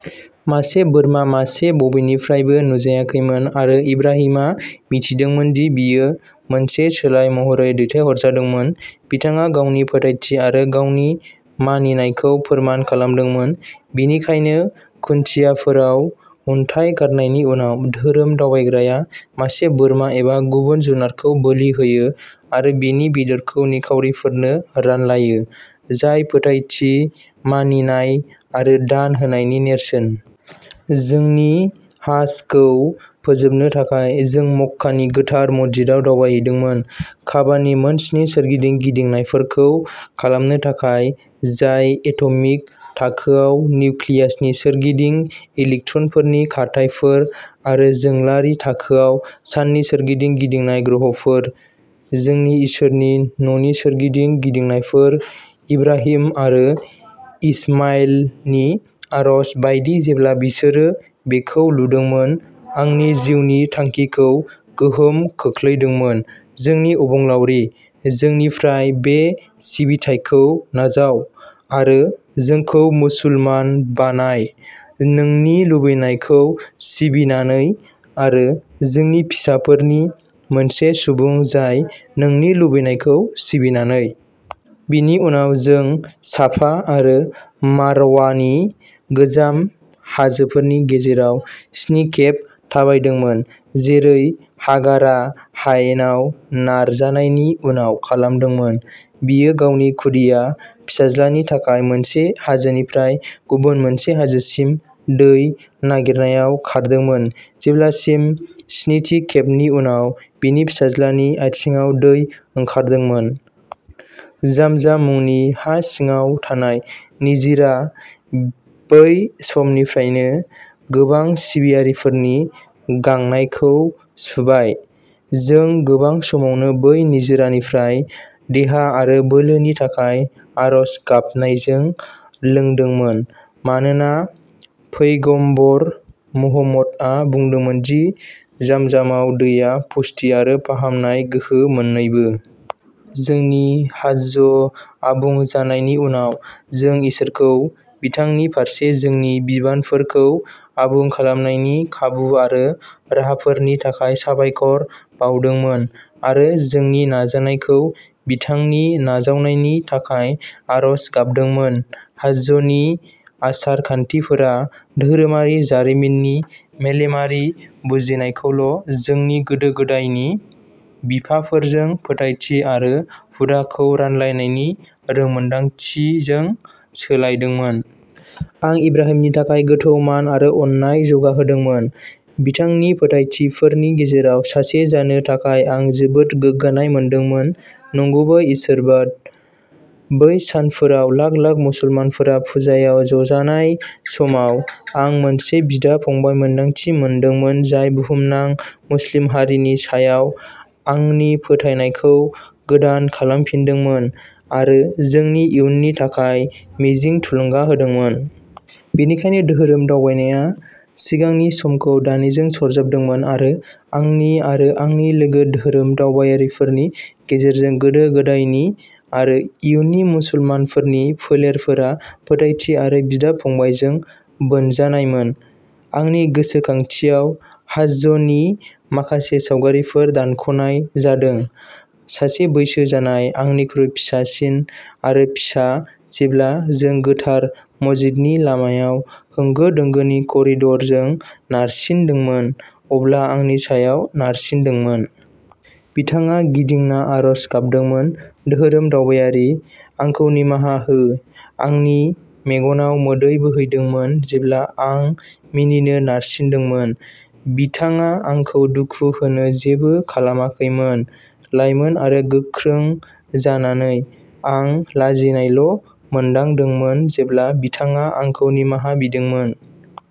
मासे बोरमा मासे बबेनिफ्रायबो नुजायाखैमोन, आरो इब्राहिमआ मिथिदोंमोन दि बियो मोनसे सोलाय महरै दैथायहरजादोंमोन बिथाङा गावनि फोथायथि आरो गावनि मानिनायखौ फोरमान खालामदोंमोन। बेनिखायनो, खुन्थियाफोराव अन्थाइ गारनायनि उनाव, धोरोम दावबायग्राया मासे बोरमा एबा गुबुन जुनारखौ बोलि होयो आरो बिनि बेदरखौ निखावरिफोरनो रानलायो। जाय फोथायथि, मानिनाय आरो दान होनायनि नेरसोन। जोंनि हाज्जखौ फोजोबनो थाखाय, जों मक्कानि गोथार मस्जिदाव दावबायहैदोंमोन। काबा नि मोनस्नि सोरगिदिं गिदिंनायफोरखौ खालामनो थाखाय, जाय एट'मिक थाखोआव निउक्लियासनि सोरगिदिं इलेक्ट्रनफोरनि खारथाइफोर, आरो जोंलारि थाखोआव साननि सोरगिदिं गिदिंनाय ग्रहफोर। जोंनि इसोरनि न'नि सोरगिदिं गिदिंनायफोर, इब्राहिम आरो इश्माइलनि आरज बायदि जेब्ला बिसोरो बेखौ लुदोंमोन, आंनि जिउनि थांखिखौ गोहोम खोख्लैदोंमोन। जोंनि अबंलावरि, जोंनिफ्राय बे सिबिथायखौ नाजाव आरो जोंखौ मुसलमान बानाय, नोंनि लुबैनायखौ सिबिनानै आरो जोंनि फिसाफोरनि मोनसे सुबुं जाय नोंनि लुबैनायखौ सिबिनानै। बिनि उनाव जों साफा आरो मारवानि गोजाम हाजोफोरनि गेजेराव स्नि खेब थाबायदोंमोन जेरै हागारा हायेनाव नागारजानायनि उनाव खालामदोंमोन। बियो गावनि खुदिया फिसाज्लानि थाखाय मोनसे हाजोनिफ्राय गुबुन मोनसे हाजोसिम दै नागिरनायाव खारदोंमोन जेब्लासिम स्निथि खेबनि उनाव, बिनि फिसाज्लानि आथिंआव दै ओंखारदोंमोन। जामजाम मुंनि हा सिङाव थानाय निजिरा, बै समनिफ्रायनो गोबां सिबियारिफोरनि गांनायखौ सुबाय। जों गोबां समावनो बै निजोरानिफ्राय देहा आरो बोलोनि थाखाय आरज गाबनायजों लोंदोंमोन, मानोना पैगम्बर मुहम्मदआ बुंदोंमोन दि जामजामाव दैआ पुष्टि आरो फाहामनाय गोहो मोन्नैबो। जोंनि हाज्ज आबुं जानायनि उनाव, जों इसोरखौ बिथांनि फारसे जोंनि बिबानफोरखौ आबुं खालामनायनि खाबु आरो राहाफोरनि थाखाय साबायखर बावदोंमोन आरो जोंनि नाजानायखौ बिथांनि नाजावनायनि थाखाय आरज गाबदोंमोन। हाज्जनि आसार खान्थिफोरा धोरोमारि जारिमिननि मेलेमारि बुजिनायखौल' जोंनि गोदो-गोदायनि बिफाफोरजों फोथायथि आरो हुदाखौ रानलायनायनि रोंमोनदांथिजों सोलायदोंमोन। आं इब्राहिमनि थाखाय गोथौ मान आरो अननाय जौगाहोदोंमोन। बिथांनि फोथायथिफोरनि गेजेराव सासे जानो थाखाय आं जोबोद गोग्गानाय मोनदोंमोन नंगुबै इसोरबाद। बै सानफोराव लाख-लाख मुसलमानफोरा फुजायाव ज'जानाय समाव, आं मोनसे बिदा-फंबाय मोन्दांथि मोनदोंमोन जाय बुहुमनां मुस्लिम हारिनि सायाव आंनि फोथायनायखौ गोदान खालामफिनदोंमोन आरो जोंनि इयुननि थाखाय मिजिं थुलुंगा होदोंमोन। बेनिखायनो, धोरोम दावबायनाया सिगांनि समखौ दानिजों सरजाबदोंमोन। आरो आंनि आरो आंनि लोगो धोरोम दावबायारिफोरनि गेजेरजों, गोदो-गोदायनि आरो इयुननि मुसलमानफोरनि फोलेरफोरा फोथायथि आरो बिदा-फंबायजों बोनजानायमोन। आंनि गोसोखांथियाव हाज्जनि माखासे सावगारिफोर दानख'नाय जादों। सासे बैसो जानाय, आंनिख्रुइ फिसासिन आरो फिसा, जेब्ला जों गोथार मस्जिदनि लामायाव होंगो-दोंगोनि करिडरजों नारसिनदोंमोन, अब्ला आंनि सायाव नारसिन्दोंमोन। बिथाङा गिदिंना आर'ज गाबदोंमोन, धोरोम दावबायारि, आंखौ निमाहा हो। आंनि मेगनाव मोदै बोहैदोंमोन जेब्ला आं मिनिनो नारसिनदोंमोन। बिथाङा आंखौ दुखु होनो जेबो खालामाखैमोन। लाइमोन आरो गोख्रों जानानै, आं लाजिनायल' मोनदांदोंमोन जेब्ला बिथाङा आंखौ निमाहा बिदोंमोन।